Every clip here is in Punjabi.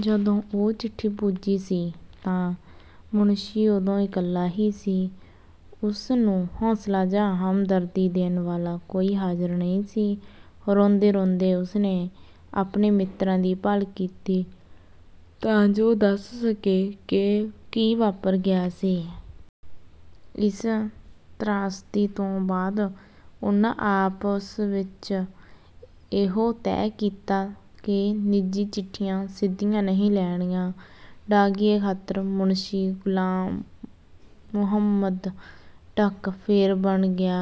ਜਦੋਂ ਉਹ ਚਿੱਠੀ ਪੁੱਜੀ ਸੀ ਤਾਂ ਮੁਨਸ਼ੀ ਓਦੋਂ ਇਕੱਲਾ ਹੀ ਸੀ। ਉਸ ਨੂੰ ਹੌਸਲਾ ਜਾਂ ਹਮਦਰਦੀ ਦੇਣ ਵਾਲਾ ਕੋਈ ਹਾਜ਼ਿਰ ਨਹੀਂ ਸੀ। ਰੋਂਦੇ-ਰੋਂਦੇ ਉਸ ਨੇ ਆਪਣੇ ਮਿੱਤਰਾਂ ਦੀ ਭਾਲ ਕੀਤੀ ਤਾਂ ਜੋ ਦੱਸ ਸਕੇ ਕਿ ਕੀ ਵਾਪਰ ਗਿਆ ਸੀ। ਇਸ ਤ੍ਰਾਸਦੀ ਤੋਂ ਬਾਅਦ, ਉਨ੍ਹਾਂ ਆਪਸ ਵਿੱਚ ਇਹੋ ਤੈਅ ਕੀਤਾ ਕਿ ਨਿੱਜੀ ਚਿੱਠੀਆਂ ਸਿੱਧੀਆਂ ਨਹੀਂ ਲੈਣੀਆਂ। ਡਾਕੀਏ ਖਾਤਰ, ਮੁਨਸ਼ੀ ਗ਼ੁਲਾਮ ਮੋਹੰਮਦ ਟਕ ਫੇਰ ਬਣ ਗਿਆ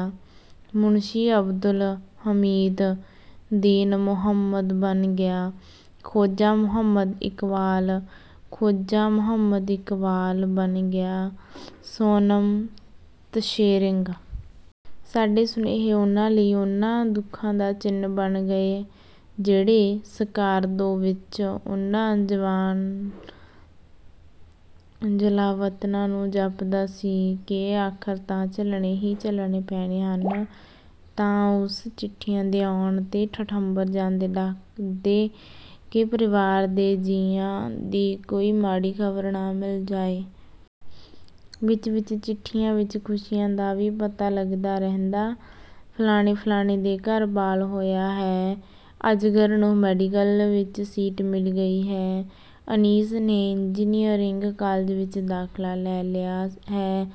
ਮੁਨਸ਼ੀ ਅਬਦੁਲ ਹਮੀਦ, ਦੀਨ ਮੋਹੰਮਦ ਬਣ ਗਿਆ ਖੋਜਾ ਮੋਹੰਮਦ ਇਕਬਾਲ, ਖੋਜਾ ਮੋਹੰਮਦ ਇਕਬਾਲ ਬਣ ਗਿਆ ਸੋਨਮ ਤਸ਼ੇਰਿੰਗ। ਸਾਡੇ ਸੁਨੇਹੇ ਉਨ੍ਹਾਂ ਲਈ ਉਨ੍ਹਾਂ ਦੁੱਖਾਂ ਦਾ ਚਿੰਨ੍ਹ ਬਣ ਗਏ ਜਿਹੜੇ ਸਕਾਰਦੋ ਵਿੱਚ ਉਨ੍ਹਾਂ ਜਲਾਵਤਨਾਂ ਨੂੰ ਜਾਪਦਾ ਸੀ ਕਿ ਆਖ਼ਰ ਤਾਂ ਝੱਲਣੇ ਹੀ ਝੱਲਣੇ ਪੈਣੇ ਸਨ। ਤਾਂ ਉਹ ਚਿੱਠੀਆਂ ਦੇ ਆਉਣ 'ਤੇ ਠਠੰਬਰ ਜਾਂਦੇ, ਡਰਦੇ ਕਿ ਪਰਿਵਾਰ ਦੇ ਜੀਆਂ ਦੀ ਕੋਈ ਮਾੜੀ ਖ਼ਬਰ ਨਾ ਮਿਲ ਜਾਏ। ਵਿਚ-ਵਿਚ ਚਿੱਠੀਆਂ ਵਿੱਚ ਖੁਸ਼ੀਆਂ ਦਾ ਵੀ ਪਤਾ ਲੱਗਦਾ ਰਹਿੰਦਾ। ਫ਼ਲਾਣੇ-ਫ਼ਲਾਣੇ ਦੇ ਘਰ ਬਾਲ ਹੋਇਆ ਹੈ, ਅਜ਼ਗਰ ਨੂੰ ਮੈਡੀਕਲ ਵਿੱਚ ਸੀਟ ਮਿਲ ਗਈ ਹੈ, ਅਨੀਸ ਨੇ ਇੰਜਨੀਅਰਿੰਗ ਕਾਲਜ ਵਿੱਚ ਦਾਖ਼ਲਾ ਲੈ ਹੀ ਲਿਆ ਹੈ,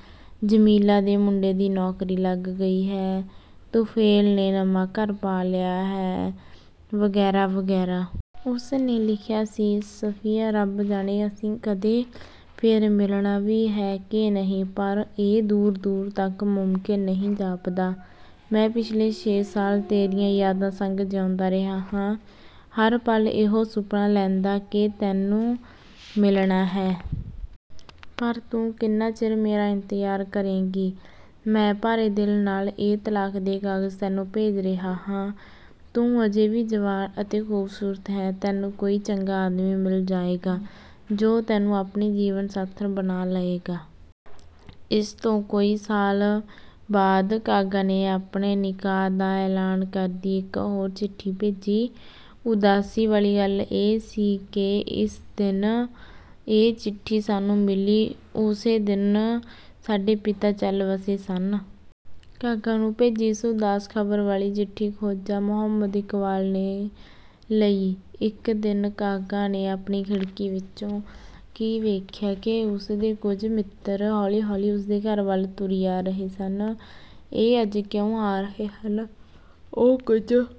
ਜਮੀਲਾ ਦੇ ਮੁੰਡੇ ਦੀ ਨੌਕਰੀ ਲੱਗ ਗਈ ਹੈ, ਤੁਫ਼ੇਲ ਨੇ ਨਵਾਂ ਘਰ ਪਾ ਲਿਆ ਹੈ, ਵਗੈਰਾ-ਵਗੈਰਾ। ਉਸ ਨੇ ਲਿਖਿਆ ਸੀ, "ਸਫ਼ੀਆ, ਰੱਬ ਜਾਣੇ ਅਸੀਂ ਕਦੇ ਫੇਰ ਮਿਲਣਾ ਵੀ ਹੈ ਕਿ ਨਹੀਂ, ਪਰ ਇਹ ਦੂਰ-ਦੂਰ ਤੱਕ ਮੁਮਕਿਨ ਨਹੀਂ ਜਾਪਦਾ। ਮੈਂ ਪਿਛਲੇ ਛੇ ਸਾਲ ਤੇਰੀਆਂ ਯਾਦਾਂ ਸੰਗ ਜਿਊਂਦਾ ਰਿਹਾ ਹਾਂ, ਹਰ ਪਲ ਇਹੋ ਸੁਫ਼ਨਾ ਲੈਂਦਾ ਕਿ ਤੈਨੂੰ ਮਿਲਣਾ ਹੈ। ਪਰ ਤੂੰ ਕਿੰਨਾ ਚਿਰ ਮੇਰਾ ਇੰਤਜ਼ਾਰ ਕਰੇਂਗੀ? ਮੈਂ ਭਾਰੇ ਦਿਲ ਨਾਲ ਇਹ ਤਲਾਕ ਦੇ ਕਾਗ਼ਜ਼ ਤੈਨੂੰ ਭੇਜ ਰਿਹਾ ਹਾਂ। ਤੂੰ ਅਜੇ ਵੀ ਜਵਾਨ ਅਤੇ ਖ਼ੂਬਸੂਰਤ ਹੈਂ। ਤੈਨੂੰ ਕੋਈ ਚੰਗਾ ਆਦਮੀ ਮਿਲ ਜਾਏਗਾ ਜੋ ਤੈਨੂੰ ਆਪਣੀ ਜੀਵਨ ਸਾਥਣ ਬਣਾ ਲਏਗਾ।" ਇਸ ਤੋਂ ਕੋਈ ਇੱਕ ਸਾਲ ਬਾਅਦ, ਕਾਗਾ ਨੇ ਆਪਣੇ ਨਿਕਾਹ ਦਾ ਐਲਾਨ ਕਰਦੀ ਇੱਕ ਹੋਰ ਚਿੱਠੀ ਭੇਜੀ। ਉਦਾਸੀ ਵਾਲੀ ਗੱਲ ਇਹ ਸੀ ਕਿ ਜਿਸ ਦਿਨ ਇਹ ਚਿੱਠੀ ਸਾਨੂੰ ਮਿਲੀ, ਓਸੇ ਦਿਨ ਸਾਡੇ ਪਿਤਾ ਚੱਲ ਵਸੇ ਸਨ। ਕਾਗਾ ਨੂੰ ਭੇਜੀ ਇਸ ਉਦਾਸ ਖ਼ਬਰ ਵਾਲੀ ਚਿੱਠੀ ਖੋਜਾ ਮੋਹੰਮਦ ਇਕਬਾਲ ਨੇ ਲਈ। ਇੱਕ ਦਿਨ ਕਾਗਾ ਨੇ ਆਪਣੀ ਖਿੜਕੀ ਵਿੱਚੋਂ ਕੀ ਵੇਖਿਆ ਕਿ ਉਸਦੇ ਕੁਝ ਮਿੱਤਰ ਹੌਲੀ-ਹੌਲੀ ਉਸ ਦੇ ਘਰ ਵੱਲ ਤੁਰੀ ਆ ਰਹੇ ਸਨ। ਇਹ ਅੱਜ ਕਿਉਂ ਆ ਰਹੇ ਹਨ, ਉਹ ਕੁਝ...